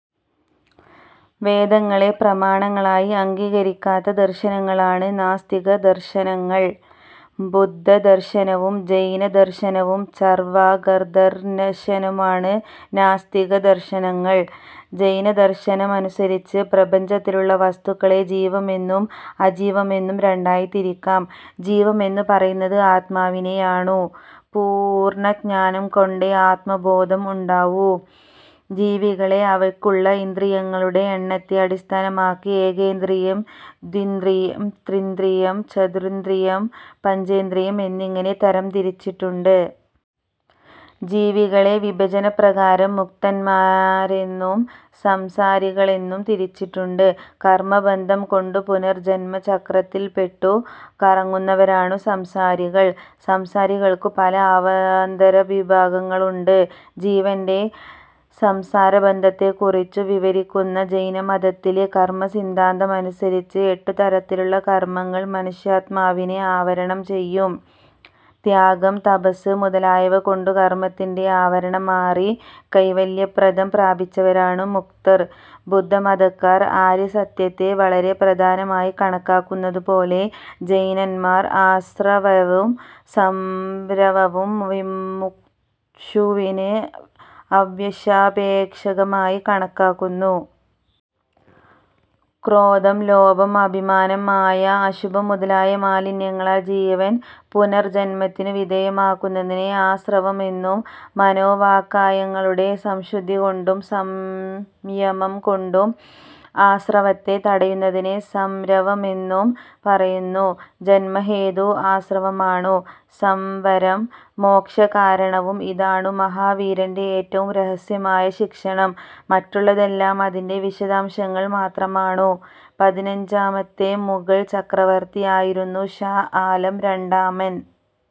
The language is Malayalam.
വേദങ്ങളെ പ്രമാണങ്ങളായി അംഗീകരിക്കാത്ത ദർശനങ്ങളാണ് നാസ്തിക ദർശനങ്ങൾ. ബുദ്ധദർശനവും ജൈനദർശനവും ചർവാകദർശനവുമാണ് നാസ്തിക ദർശനങ്ങൾ. ജൈനദർശനമനുസരിച്ച് പ്രപഞ്ചത്തിലുള്ള വസ്തുക്കളെ ജീവമെന്നും അജീവമെന്നും രണ്ടായി തിരിക്കാം. ജീവമെന്നു പറയുന്നത് ആത്മാവിനെയാണു. പൂർണ്ണജ്ഞാനം കൊണ്ടേ ആത്മബോധം ഉണ്ടാവൂ. ജീവികളെ അവയ്ക്കുള്ള ഇന്ദ്രിയങ്ങളുടെ എണ്ണത്തെ അടിസ്ഥാനമാക്കി ഏകേന്ദ്രിയം, ദ്വിന്ദ്രിയം, ത്രീന്ദ്രിയം, ചതുരിന്ദ്രിയം, പഞ്ചേന്ദ്രിയം എന്നിങ്ങനെ തരം തിരിച്ചിട്ടുണ്ട്. ജീവികളെ വിഭജനപ്രകാരം മുക്തന്മാരെന്നും സംസാരികളെന്നും തിരിച്ചിട്ടുണ്ട്. കർമ്മബന്ധം കൊണ്ടു പുനർജ്ജന്മചക്രത്തില്പെട്ടു കറങ്ങുന്നവരാണു സംസാരികൾ. സംസാരികൾക്കു പല അവാന്തരവിഭാഗങ്ങളുണ്ട്. ജീവന്റെ സംസാരബന്ധത്തെക്കുറിച്ചു വിവരിക്കുന്ന ജൈനമതത്തിലെ കർമ്മസിദ്ധാന്തമനുസരിച്ച് എട്ടുതരത്തിലുള്ള കർമ്മങ്ങൾ മനുഷ്യാത്മാവിനെ ആവരണം ചെയ്യും. ത്യാഗം, തപസ്സ് മുതലായവകൊണ്ടു കർമ്മത്തിന്റെ ആവരണം മാറി കൈവല്യപ്രദം പ്രാപിച്ചവരാണു മുക്തർ. ബുദ്ധമതക്കാർ ആര്യസത്യത്തെ വളരെ പ്രധാനമായി കണക്കാക്കുന്നതുപോലെ, ജൈനന്മാർ ആസ്രവവും സംവരവും മുമുക്ഷുവിന് അവശ്യാപേക്ഷകമായി കണക്കാക്കുന്നു. ക്രോധം, ലോഭം, അഭിമാനം മായ, അശുഭം, മുതലായ മാലിന്യങ്ങളാൽ ജീവൻ പുനർജ്ജന്മത്തിനു വിധേയമാകുന്നതിനെ ആസ്രവമെന്നും, മനോവാക്കായങ്ങളുടെ സംശുദ്ധികൊണ്ടും, സംയമംകൊണ്ടും, ആസ്രവത്തെ തടയുന്നതിനെ സംവരമെന്നും പറയുന്നു. " ജന്മഹേതു ആസ്രവമാണു; സംവരം മോക്ഷകാരണവും. ഇതാണു മഹാവീരന്റെ ഏറ്റവും രഹസ്യമായ ശിക്ഷണം. മറ്റുള്ളതെല്ലാം അതിന്റെ വിശദാംശങ്ങൾ മാത്രമാണു". പതിനഞ്ചാമത്തെ മുഗൾ ചക്രവർത്തിയായിരുന്നു ഷാ ആലം രണ്ടാമൻ.